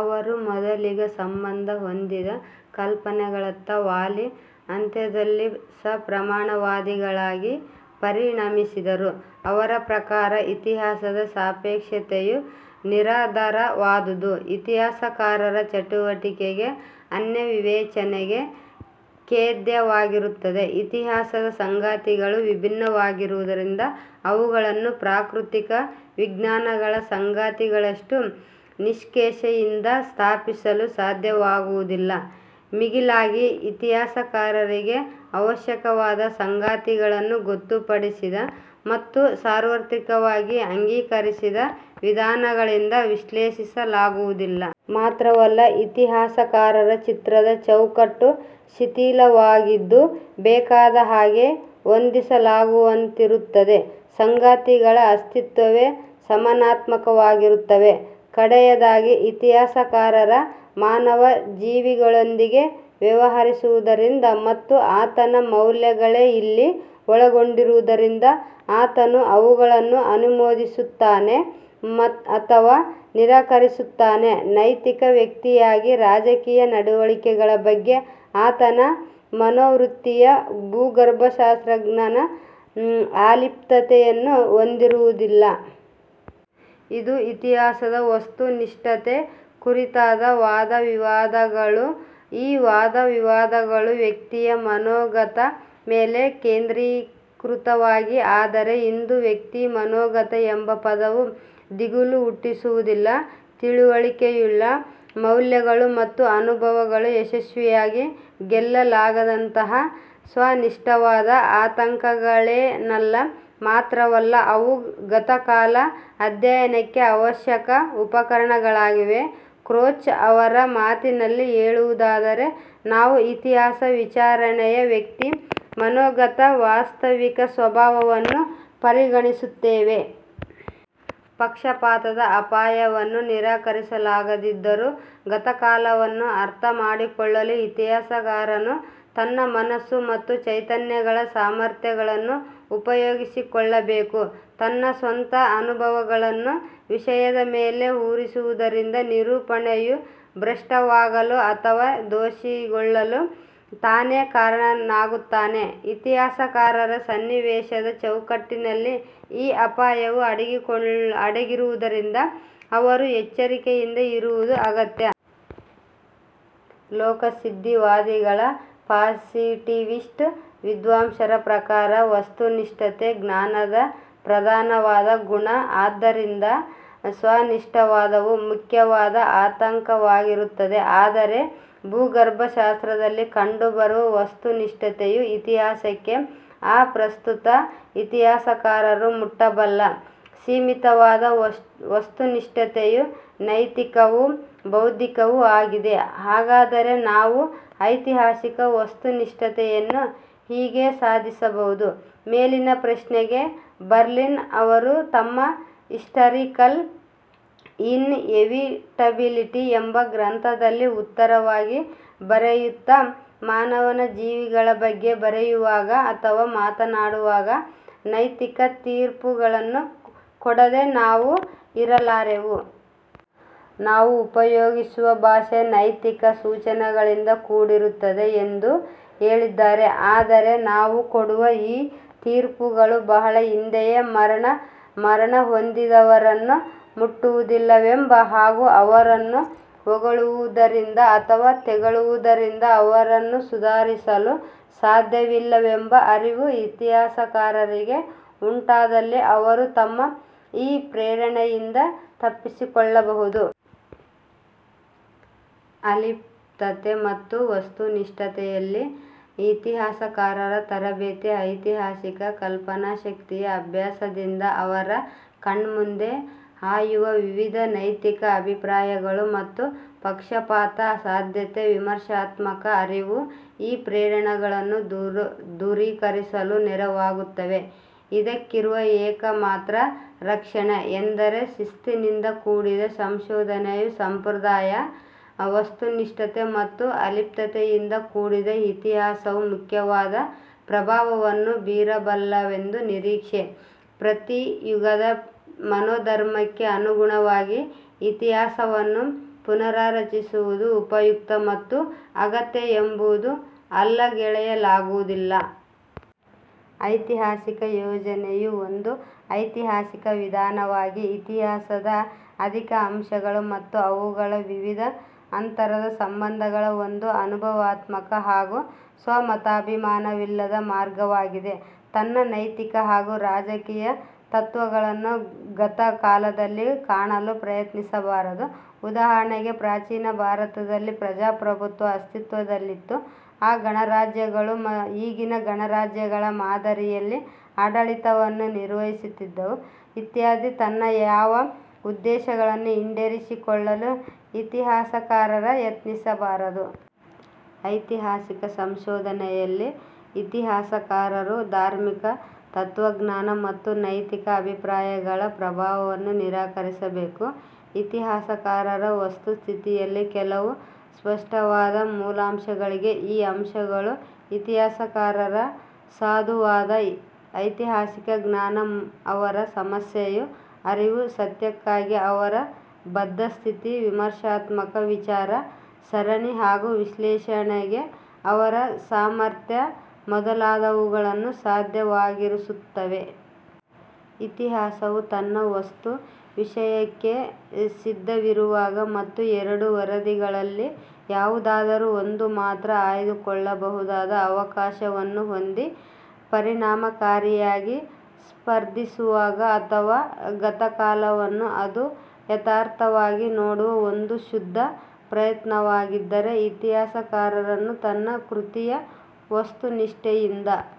ಅವರು ಮೊದಲಿಗೆ ಸಂಬಂಧ ಹೊಂದಿದ ಕಲ್ಪನೆಗಳತ್ತ ವಾಲಿ ಅಂತ್ಯದಲ್ಲಿ ಸಪ್ರಮಾಣವಾದಿಗಳಾಗಿ ಪರಿಣಮಿಸಿದರು. ಅವರ ಪ್ರಕಾರ, ಇತಿಹಾಸದ ಸಾಪೇಕ್ಷತೆಯು ನಿರಾಧಾರವಾದುದು. ಇತಿಹಾಸಕಾರರ ಚಟುವಟಿಕೆ ಅನ್ಯವಿವೇಚನೆಗೆ ಖೇದ್ಯವಾಗಿರುತ್ತದೆ. ಇತಿಹಾಸದ ಸಂಗತಿಗಳು ವಿಭಿನ್ನವಾಗಿರುವುದರಿಂದ ಅವುಗಳನ್ನು ಪ್ರಾಕೃತಿಕ ವಿಜ್ಞಾನಗಳ ಸಂಗತಿಗಳಷ್ಟು ನಿಷ್ಕಷೇಯಿಂದ ಸ್ಥಾಪಿಸಲು ಸಾಧ್ಯವಾಗುವುದಿಲ್ಲ. ಮಿಗಿಲಾಗಿ, ಇತಿಹಾಸಕಾರರಿಗೆ ಅವಶ್ಯಕವಾದ ಸಂಗತಿಗಳನ್ನು ಗೊತ್ತುಪಡಿಸಿದ ಮತ್ತು ಸಾರ್ವತ್ರಿಕವಾಗಿ ಅಂಗೀಕರಿಸಿದ ವಿಧಾನಗಳಿಂದ ವಿಶ್ಲೇಷಿಸಲಾಗುವುದಿಲ್ಲ. ಮಾತ್ರವಲ್ಲ, ಇತಿಹಾಸಕಾರರ ಚಿತ್ರದ ಚೌಕಟ್ಟು ಶಿಥಿಲವಾಗಿದ್ದು ಬೇಕಾದ ಹಾಗೆ ಹೊಂದಿಸಲಾಗುವಂತಿರುತ್ತದೆ. ಸಂಗತಿಗಳ ಅಸ್ತಿತ್ವವೇ ಸಮಸ್ಯಾತ್ಮಕವಾಗಿರುತ್ತವೆ. ಕಡೆಯದಾಗಿ, ಇತಿಹಾಸಕಾರ ಮಾನವ ಜೀವಿಗಳೊಂದಿಗೆ ವ್ಯವಹರಿಸುವುದರಿಂದ ಮತ್ತು ಆತನ ಮೌಲ್ಯಗಳೇ ಇಲ್ಲಿ ಒಳಗೊಂಡಿರುವುದರಿಂದ, ಆತನು ಅವುಗಳನ್ನು ಅನುಮೋದಿಸುತ್ತಾನೆ ಅಥವಾ ನಿರಾಕರಿಸುತ್ತಾನೆ. ನೈತಿಕ ವ್ಯಕ್ತಿಯಾಗಿ ರಾಜಕೀಯ ನಡವಳಿಕೆಗಳ ಬಗ್ಗೆ ಆತನ ಮನೋವೃತ್ತಿಯು ಭೂಗರ್ಭಶಾಸ್ತ್ರಜ್ಞನ ಆಲಿಪ್ತತೆಯನ್ನು ಹೊಂದಿರುವುದಿಲ್ಲ. ಇದು ಇತಿಹಾಸದ ವಸ್ತುನಿಷ್ಠತೆ ಕುರಿತಾದ ವಾದವಿವಾದಗಳು. ಈ ವಾದವಿವಾದಗಳು ವ್ಯಕ್ತಿಯ ಮನೋಗತದ ಮೇಲೆ ಕೇಂದ್ರೀಕೃತವಾಗಿವೆ. ಆದರೆ ಇಂದು ವ್ಯಕ್ತಿಮನೋಗತ ಎಂಬ ಪದವು ದಿಗಿಲು ಹುಟ್ಟಿಸುವುದಿಲ್ಲ. ತಿಳುವಳಿಕೆಯುಳ್ಳ ಮೌಲ್ಯಗಳು ಮತ್ತು ಅನುಭವಗಳು ಯಶಸ್ವಿಯಾಗಿ ಗೆಲ್ಲಲಾಗದಂತಹ ಸ್ವನಿಷ್ಠವಾದ ಆತಂಕಗಳೇನಲ್ಲ. ಮಾತ್ರವಲ್ಲ ಅವು ಗತಕಾಲದ ಅಧ್ಯಯನಕ್ಕೆ ಅವಶ್ಯಕ ಉಪಕರಣಗಳಾಗಿವೆ. ಕ್ರೋಚ್ ಅವರ ಮಾತಿನಲ್ಲಿ ಹೇಳುವುದಾದರೆ, ನಾವು ಇತಿಹಾಸ ವಿಚಾರಣೆಯ ವ್ಯಕ್ತಿ ಮನೋಗತದ ವಾಸ್ತವಿಕ ಸ್ವಭಾವವನ್ನು ಪರಿಗಣಿಸುತ್ತೇವೆ. ಪಕ್ಷಪಾತದ ಅಪಾಯವನ್ನು ನಿರಾಕರಿಸಲಾಗದಿದ್ದರೂ, ಗತಕಾಲವನ್ನು ಅರ್ಥ ಮಾಡಿಕೊಳ್ಳಲು ಇತಿಹಾಸಕಾರನು ತನ್ನ ಮನಸ್ಸು ಮತ್ತು ಚೈತನ್ಯಗಳ ಸಾಮರ್ಥ್ಯಗಳನ್ನು ಉಪಯೋಗಿಸಿಕೊಳ್ಳಬೇಕು. ತನ್ನ ಸ್ವಂತ ಅನುಭವಗಳನ್ನು ವಿಷಯದ ಮೇಲೆ ಹೊರಿಸುವುದರಿಂದ ನಿರೂಪಣೆಯು ಭ್ರಷ್ಟವಾಗಲು ಅಥವಾ ದೋಷಿತಗೊಳ್ಳಲು ತಾನೇ ಕಾರಣನಾಗುತ್ತಾನೆ. ಇತಿಹಾಸಕಾರರ ಸನ್ನಿವೇಶದ ಚೌಕಟ್ಟಿನಲ್ಲಿ ಈ ಅಪಾಯವು ಅಡಗಿರುವುದರಿಂದ ಅವರು ಎಚ್ಚರಿಕೆಯಿಂದ ಇರುವುದು ಅಗತ್ಯ. ಲೋಕಸಿದ್ಧವಾದಿಗಳ ಪಾಸಿಟಿವಿಸ್ಟ್ ವಿದ್ವಾಂಸರ ಪ್ರಕಾರ, ವಸ್ತುನಿಷ್ಠತೆ ಜ್ಞಾನದ ಪ್ರಧಾನವಾದ ಗುಣ. ಆದ್ದರಿಂದ ಸ್ವನಿಷ್ಠವಾದವು ಮುಖ್ಯವಾದ ಆತಂಕವಾಗುತ್ತದೆ. ಆದರೆ ಭೂಗರ್ಭಶಾಸ್ತ್ರದಲ್ಲಿ ಕಂಡುಬರುವ ವಸ್ತುನಿಷ್ಠತೆಯು ಇತಿಹಾಸಕ್ಕೆ ಅಪ್ರಸ್ತುತ. ಇತಿಹಾಸಕಾರರು ಮುಟ್ಟಬಲ್ಲ ಸೀಮಿತವಾದ ವಸ್ತುನಿಷ್ಠತೆಯು ನೈತಿಕವೂ, ಬೌದ್ಧಿಕವೂ ಆಗಿದೆ. ಹಾಗಾದರೆ, ನಾವು ಐತಿಹಾಸಿಕ ವಸ್ತುನಿಷ್ಠತೆಯನ್ನು ಹೀಗೆ ಸಾಧಿಸಬಹುದು. ಮೇಲಿನ ಪ್ರಶ್ನೆಗೆ ಬರ್ಲಿನ್ ಅವರು ತಮ್ಮ "ಹಿಸ್ಟಾರಿಕಲ್ ಇನ್ಎವಿಟಬಿಲಿಟಿ" ಎಂಬ ಗ್ರಂಥದಲ್ಲಿ ಉತ್ತರವಾಗಿ ಬರೆಯುತ್ತ, ಮಾನವಜೀವಿಗಳ ಬಗ್ಗೆ ಬರೆಯುವಾಗ ಅಥವಾ ಮಾತನಾಡುವಾಗ ನೈತಿಕ ತೀರ್ಪುಗಳನ್ನು ಕೊಡದೆ ನಾವು ಇರಲಾರೆವು. ನಾವು ಉಪಯೋಗಿಸುವ ಭಾಷೆ, ನೈತಿಕ ಸೂಚನೆಗಳಿಂದ ಕೂಡಿರುತ್ತದೆ ಎಂದು ಹೇಳಿದ್ದಾರೆ. ಆದರೆ, ನಾವು ಕೊಡುವ ಈ ತೀರ್ಪುಗಳು ಬಹಳ ಹಿಂದೆಯೇ ಮರಣಹೊಂದಿದವರನ್ನು ಮುಟ್ಟುವುದಿಲ್ಲವೆಂಬ ಹಾಗೂ ಅವರನ್ನು ಹೊಗಳುವುದರಿಂದ ಅಥವಾ ತೆಗಳುವುದರಿಂದ ಅವರನ್ನು ಸುಧಾರಿಸಲು ಸಾಧ್ಯವಿಲ್ಲವೆಂಬ ಅರಿವು ಇತಿಹಾಸಕಾರರಿಗೆ ಉಂಟಾದಲ್ಲಿ ಅವರು ತಮ್ಮ ಈ ಪ್ರೇರಣೆಯಿಂದ ತಪ್ಪಿಸಿಕೊಳ್ಳಬಹುದು. ಅಲಿಪ್ತತೆ ಮತ್ತು ವಸ್ತುನಿಷ್ಠತೆಯಲ್ಲಿ ಇತಿಹಾಸಕಾರರ ತರಬೇತಿ, ಐತಿಹಾಸಿಕ ಕಲ್ಪನಾಶಕ್ತಿಯ ಅಭ್ಯಾಸದಿಂದ ಅವರ ಕಣ್ಣುಮುಂದೆ ಹಾಯುವ ವಿವಿಧ ನೈತಿಕ ಅಭಿಪ್ರಾಯಗಳು ಮತ್ತು ಪಕ್ಷಪಾತ ಸಾಧ್ಯತೆಯ ವಿಮರ್ಶಾತ್ಮಕ ಅರಿವು ಈ ಪ್ರೇರಣೆಗಳನ್ನು ದೂರೀಕರಿಸಲು ನೆರವಾಗುತ್ತವೆ, ಇದಕ್ಕಿರುವ ಏಕಮಾತ್ರ ರಕ್ಷಣೆ ಎಂದರೆ ಶಿಸ್ತಿನಿಂದ ಕೂಡಿದ ಸಂಶೋಧನೆಯ ಸಂಪ್ರದಾಯ, ವಸ್ತುನಿಷ್ಠತೆ ಮತ್ತು ಅಲಿಪ್ತತೆಯಿಂದ ಕೂಡಿದ ಇತಿಹಾಸವು ಮುಖ್ಯವಾದ ಪ್ರಭಾವವನ್ನು ಬೀರಬಲ್ಲದೆಂಬ ನಿರೀಕ್ಷೆ, ಪ್ರತಿಯುಗದ ಮನೋಧರ್ಮಕ್ಕೆ ಅನುಗುಣವಾಗಿ ಇತಿಹಾಸವನ್ನು ಪುನಾರಚಿಸುವುದು ಉಪಯುಕ್ತ ಮತ್ತು ಅಗತ್ಯ ಎಂಬುದನ್ನು ಅಲ್ಲಗಳೆಯಲಾಗುವುದಿಲ್ಲ. ಐತಿಹಾಸಿಕ ಯೋಜನೆಯು ಒಂದು ಐತಿಹಾಸಿಕ ವಿಧಾನವಾಗಿ ಇತಿಹಾಸದ ಅಧಿಕ ಅಂಶಗಳ ಮತ್ತು ಅವುಗಳ ವಿವಿಧ ಅಂತರ ಸಂಬಂಧಗಳ ಒಂದು ಅನುಭವಾತ್ಮಕ ಹಾಗೂ ಸ್ವಮತಾಭಿಮಾನವಿಲ್ಲದ ಮಾರ್ಗವಾಗಿದೆ. ತನ್ನ ನೈತಿಕ ಹಾಗೂ ರಾಜಕೀಯ ತತ್ವಗಳನ್ನು ಗತಕಾಲದಲ್ಲಿ ಕಾಣಲು ಪ್ರಯತ್ನಿಸಬಾರದು. ಉದಾಹರಣೆಗೆ, ಪ್ರಾಚೀನ ಭಾರತದಲ್ಲಿ ಪ್ರಜಾಪ್ರಭುತ್ವ ಅಸ್ತಿತ್ವದಲ್ಲಿತ್ತು. ಆ ಗಣರಾಜ್ಯಗಳು ಈಗಿನ ಗಣರಾಜ್ಯಗಳ ಮಾದರಿಯಲ್ಲಿ ಆಡಳಿತವನ್ನು ನಿರ್ವಹಿಸುತ್ತಿದ್ದವು, ಇತ್ಯಾದಿ, ತನ್ನ ಯಾವ ಉದ್ದೇಶಗಳನ್ನು ಈಡೇರಿಸಿಕೊಳ್ಳಲು ಇತಿಹಾಸಕಾರ ಯತ್ನಿಸಬಾರದು. ಐತಿಹಾಸಿಕ ಸಂಶೋಧನೆಯಲ್ಲಿ ಇತಿಹಾಸಕಾರರು ಧಾರ್ಮಿಕ, ತತ್ವಜ್ಞಾನ ಮತ್ತು ನೈತಿಕ ಅಭಿಪ್ರಾಯಗಳ ಪ್ರಭಾವವನ್ನು ನಿರಾಕರಿಸಬೇಕು. ಇತಿಹಾಸಕಾರರ ವಸ್ತುಸ್ಥಿತಿಯಲ್ಲಿ ಕೆಲವು ಸ್ಪಷ್ಟವಾದ ಮೂಲಾಂಶಗಳಿವೆ. ಈ ಅಂಶಗಳು ಇತಿಹಾಸಕಾರರ ಸಾಧುವಾದ ಐತಿಹಾಸಿಕ ಜ್ಞಾನ, ಅವರ ಸಮಸ್ಯೆಯ ಅರಿವು, ಸತ್ಯಕ್ಕಾಗಿ ಅವರ ಬದ್ಧ ಸ್ಥಿತಿ, ವಿಮರ್ಶಾತ್ಮಕ ವಿಚಾರ ಸರಣಿ ಹಾಗೂ ವಿಶ್ಲೇಷಣೆಗೆ ಅವರ ಸಾಮರ್ಥ್ಯ ಮೊದಲಾದವುಗಳನ್ನು ಸಾಧ್ಯವಾಗಿಸುತ್ತವೆ. ಇತಿಹಾಸವು ತನ್ನ ವಸ್ತು ವಿಷಯಕ್ಕೆ ಸಿದ್ಧವಿರುವಾಗ ಮತ್ತು ಎರಡು ವರದಿಗಳಲ್ಲಿ ಯಾವುದಾದರೂ ಒಂದನ್ನು ಮಾತ್ರ ಆಯ್ದುಕೊಳ್ಳಬಹುದಾದ ಅವಕಾಶವನ್ನು ಹೊಂದಿ, ಪರಿಣಾಮಕಾರಿಯಾಗಿ ಸ್ಪರ್ಧಿಸುವಾಗ ಮತ್ತು ಗತಕಾಲವನ್ನು ಅದು ಯಥಾರ್ಥವಾಗಿ ನೋಡುವ ಒಂದು ಶುದ್ಧ ಪ್ರಯತ್ನವಾಗಿದ್ದರೆ ಇತಿಹಾಸಕಾರರು ತನ್ನ ಕೃತಿಯು ವಸ್ತುನಿಷ್ಠೆಯಿಂದ